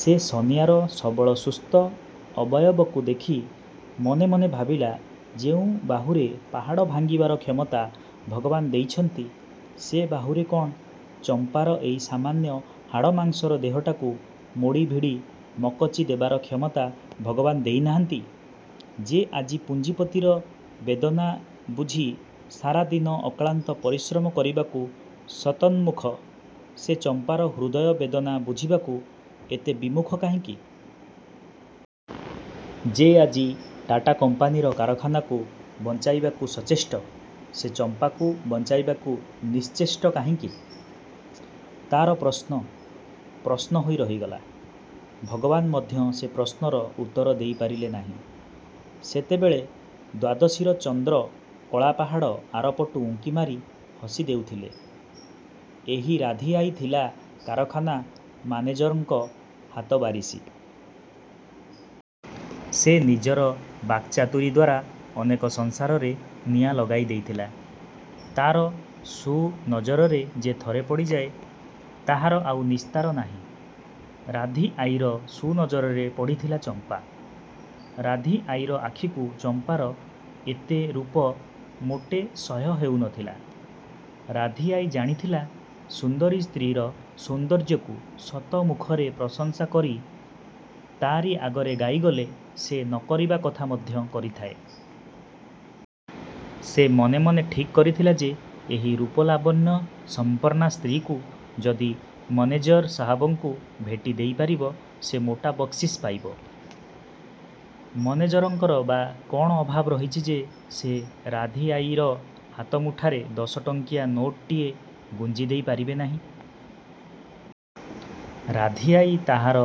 ସେ ସନିଆର ସବଳ ସୁସ୍ଥ ଅବୟବକୁ ଦେଖି ମନେମନେ ଭାବିଲା ଯେଉଁ ବାହୁରେ ପାହାଡ଼ ଭାଙ୍ଗିବାର କ୍ଷମତା ଭଗବାନ ଦେଇଛନ୍ତି ସେ ବାହୁରେ କ'ଣ ଚମ୍ପାର ଏଇ ସାମାନ୍ୟ ହାଡ଼ ମାଂସର ଦେହଟାକୁ ମୋଡ଼ି ଭିଡ଼ି ମକଚି ଦେବାର କ୍ଷମତା ଭଗବାନ ଦେଇନାହାନ୍ତି? ଯେ ଆଜି ପୁଞ୍ଜିପତିର ବେଦନା ବୁଝି ସାରାଦିନ ଅକ୍ଳାନ୍ତ ପରିଶ୍ରମ କରିବାକୁ ଶତନ୍ମୁଖ, ସେ ଚମ୍ପାର ହୃଦୟ ବେଦନା ବୁଝିବାକୁ ଏତେ ବିମୁଖ କାହିଁକି? ଯେ ଆଜି ଟାଟା କମ୍ପାନୀର କାରଖାନାକୁ ବଞ୍ଚାଇବାକୁ ସଚେଷ୍ଟ ସେ ଚମ୍ପାକୁ ବଞ୍ଚାଇବାକୁ ନିଶ୍ଚେଷ୍ଟ କାହିଁକି? ତା'ର ପ୍ରଶ୍ନ, ପ୍ରଶ୍ନ ହୋଇ ରହିଗଲା। ଭଗବାନ ମଧ୍ୟ ସେ ପ୍ରଶ୍ନର ଉତ୍ତର ଦେଇ ପାରିଲେ ନାହିଁ। ସେତେବେଳେ ଦ୍ୱାଦଶୀର ଚନ୍ଦ୍ର କଳାପାହାଡ଼ ଆରପଟୁ ଉଙ୍କିମାରି ହସିଦେଉଥିଲେ। ଏହି ରାଧୀଆଈ ଥିଲା କାରଖାନା ମାନେଜରଙ୍କ ହାତବାରିଶି। ସେ ନିଜର ବାକ୍ଚାତୁରୀଦ୍ୱାରା ଅନେକ ସଂସାରରେ ନିଆଁ ଲଗାଇ ଦେଇଥିଲା। ତା'ର ସୁନଜରରେ ଯେ ଥରେ ପଡ଼ିଯାଏ ତାହାର ଆଉ ନିସ୍ତାର ନାହିଁ। ରାଧୀଆଈର ସୁନଜରରେ ପଡ଼ିଥିଲା ଚମ୍ପା। ରାଧୀଆଈର ଆଖିକୁ ଚମ୍ପାର ଏତେ ରୂପ ମୋଟେ ସହ୍ୟ ହେଉନଥିଲା। ରାଧୀଆଈ ଜାଣିଥିଲା, ସୁନ୍ଦରୀ ସ୍ତ୍ରୀର ସୌନ୍ଦର୍ଯ୍ୟକୁ ଶତମୁଖରେ ପ୍ରଶଂସା କରି ତାରି ଆଗେ ଗାଇଗଲେ ସେ ନ କରିବା କଥା ମଧ୍ୟ କରିଥାଏ। ସେ ମନେମନେ ଠିକ୍ କରିଥିଲା ଯେ ଏହି ରୂପ ଲାବଣ୍ୟ ସମ୍ପର୍ଣ୍ଣା ସ୍ତ୍ରୀକୁ ଯଦି ମେନେଜର ସାହେବଙ୍କୁ ଭେଟି ଦେଇପାରିବ ସେ ମୋଟା ବକ୍ସିସ୍ ପାଇବ। ମେନେଜରଙ୍କର ବା କ'ଣ ଅଭାବ ରହିଛି ଯେ ସେ ରାଧୀଆଈର ହାତମୁଠାରେ ଦଶଟଙ୍କିଆ ନୋଟଟିଏ ଗୁଞ୍ଜିଦେଇ ପାରିବେ ନାହିଁ? ରାଧୀଆଈ ତାହାର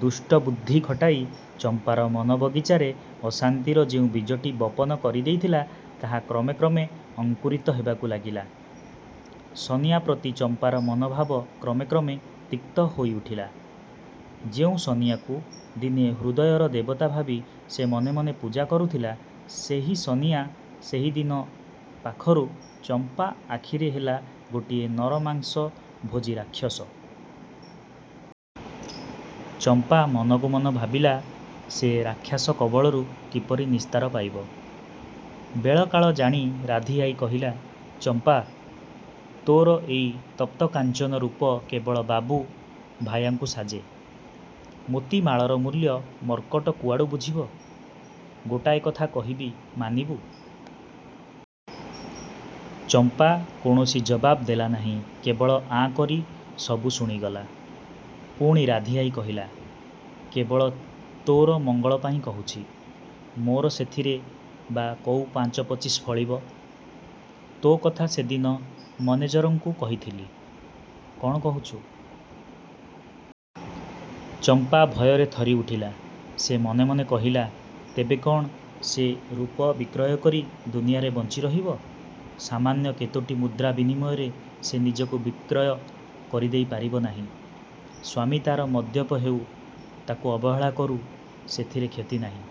ଦୁଷ୍ଟବୁଦ୍ଧି ଖଟାଇ ଚମ୍ପାର ମନବଗିଚାରେ ଅଶାନ୍ତିର ଯେଉଁ ବୀଜଟି ବପନ କରିଦେଇଥିଲା ତାହା କ୍ରମେ କ୍ରମେ ଅଙ୍କୁରିତ ହେବାକୁ ଲାଗିଲା। ସନିଆ ପ୍ରତି ଚମ୍ପାର ମନଭାବ କ୍ରମେ କ୍ରମେ ତିକ୍ତ ହୋଇଉଠିଲା। ଯେଉଁ ସନିଆକୁ ଦିନେ ହୃଦୟର ଦେବତା ଭାବି ସେ ମନେମନେ ପୂଜା କରୁଥିଲା, ସେହି ସନିଆ ସେହିଦିନ ପାଖରୁ ଚମ୍ପା ଆଖିରେ ହେଲା ଗୋଟିଏ ନରମାଂସ ଭୋଜି ରାକ୍ଷସ। ଚମ୍ପା ମନକୁ ମନ ଭାବିଲା ସେ ରାକ୍ଷାସ କବଳରୁ କିପରି ନିସ୍ତାର ପାଇବ? ବେଳକାଳ ଜାଣି ରାଧୀଆଈ କହିଲା, ''ଚମ୍ପା! ତୋର ଏଇ ତପ୍ତକାଞ୍ଚନ ରୂପ କେବଳ ବାବୁ, ଭାୟାକୁ ସାଜେ। ମୋତି ମାଳର ମୂଲ୍ୟ ମର୍କଟ କୁଆଡ଼ୁ ବୁଝିବ? ଗୋଟାଏ କଥା କହିବି ମାନିବୁ? '' ଚମ୍ପା କୌଣସି ଜବାବ୍ ଦେଲା ନାହିଁ। କେବଳ ଆଁ କରି ସବୁ ଶୁଣିଗଲା। ପୁଣି ରାଧୀଆଈ କହିଲା, ''କେବଳ ତୋର ମଙ୍ଗଳ ପାଇଁ କହୁଛି। ମୋର ସେଥିରେ ବା କଉଁ ପାଞ୍ଚ ପଚିଶ ଫଳିବ। ତୋ କଥା ସେଦିନ ମେନେଜରଙ୍କୁ କହିଥିଲି। କ'ଣ କହୁଛୁ? '' ଚମ୍ପା ଭୟରେ ଥରିଉଠିଲା। ସେ ମନେମନେ କହିଲା, ''ତେବେ କ'ଣ ସେ ରୂପ ବିକ୍ରୟକରି ଦୁନିଆରେ ବଞ୍ଚିରହିବ? ସାମାନ୍ୟ କେତୋଟି ମୁଦ୍ରା ବିନିମୟରେ ସେ ନିଜକୁ ବିକ୍ରୟ କରିଦେଇ ପାରିବ ନାହିଁ। ସ୍ୱାମୀ ତା'ର ମଦ୍ୟପ ହେଉ, ତାକୁ ଅବହେଳା କରୁ, ସେଥିରେ କ୍ଷତି ନାହିଁ।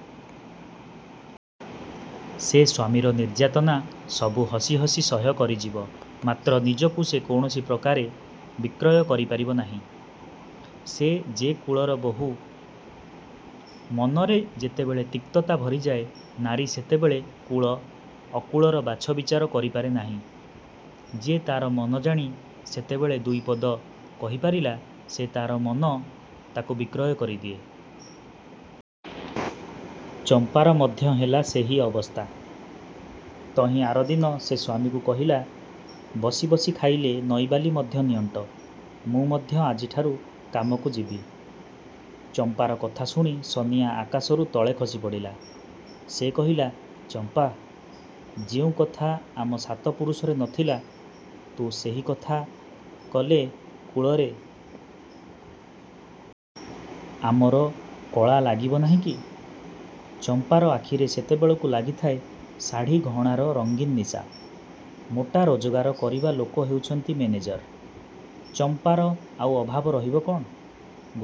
ସେ ସ୍ଵାମୀର ନିର୍ଯ୍ୟାତନା ସବୁ ହସି ହସି ସହ୍ୟ କରିଯିବ ମାତ୍ର ନିଜକୁ ସେ କୌଣସି ପ୍ରକାରେ ବିକ୍ରୟ କରିପାରିବ ନାହିଁ। ସେ ଯେ କୁଳର ବୋହୂ। '' ମନରେ ଯେତେବେଳେ ତିକ୍ତତା ଭରିଯାଏ ନାରୀ ସେତେବେଳେ କୁଳ, ଅକୁଳର ବାଛବିଚାର କରିପାରେ ନାହିଁ। ଯେ ତା'ର ମନଜାଣି ସେତେବେଳେ ଦୁଇପଦ କହିପାରିଲା ସେ ତା'ର ମନ ତାକୁ ବିକ୍ରୟ କରିଦିଏ। ଚମ୍ପାର ମଧ୍ୟ ହେଲା ସେହି ଅବସ୍ଥା। ତହିଁ ଆରଦିନ ସେ ସ୍ୱାମୀକୁ କହିଲା, ''ବସି ବସି ଖାଇଲେ ନଈବାଲି ମଧ୍ୟ ନିଅଣ୍ଟ। ମୁଁ ମଧ୍ୟ ଆଜିଠାରୁ କାମକୁ ଯିବି। '' ଚମ୍ପାର କଥା ଶୁଣି ସନିଆ ଆକାଶରୁ ତଳେ ଖସିପଡ଼ିଲା। ସେ କହିଲା, ''ଚମ୍ପା! ଯେଉଁ କଥା ଆମ ସାତ ପୁରୁଷରେ ନ ଥିଲା ତୁ ସେହି କଥା କଲେ କୁଳରେ। ଆମର କଳା ଲାଗିବ ନାହିଁକି-? '' ଚମ୍ପାର ଆଖିରେ ସେତେବେଳକୁ ଲାଗିଥାଏ ଶାଢ଼ି ଗହଣାର ରଙ୍ଗୀନ ନିଶା। ମୋଟା ରୋଜଗାର କରିବା ଲୋକ ହେଉଛନ୍ତି ମେନେଜର। ଚମ୍ପାର ଆଉ ଅଭାବ ରହିବ କ'ଣ?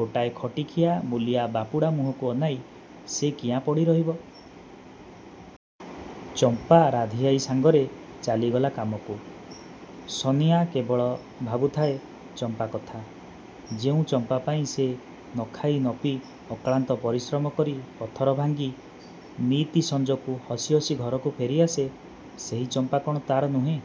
ଗୋଟାଏ ଖଟିଖିଆ ମୂଲିଆ ବାପୁଡ଼ା ମୁହଁକୁ ଅନାଇ ସେ କିଆଁ ପଡ଼ିରହିବ? ଚମ୍ପା ରାଧୀଆଈ ସାଙ୍ଗରେ ଚାଲିଗଲା କାମକୁ। ସନିଆ କେବଳ ଭାବୁଥାଏ ଚମ୍ପା କଥା-। ଯେଉଁ ଚମ୍ପା ପାଇଁ ସେ ନଖାଇ, ନପିଇ ଅକ୍ଳାନ୍ତ ପରିଶ୍ରମ କରି ପଥର ଭାଙ୍ଗି ନିତି ସଞ୍ଜକୁ ହସି ହସି ଘରକୁ ଫେରିଆସେ, ସେହି ଚମ୍ପା କ'ଣ ତା'ର ନୁହେଁ?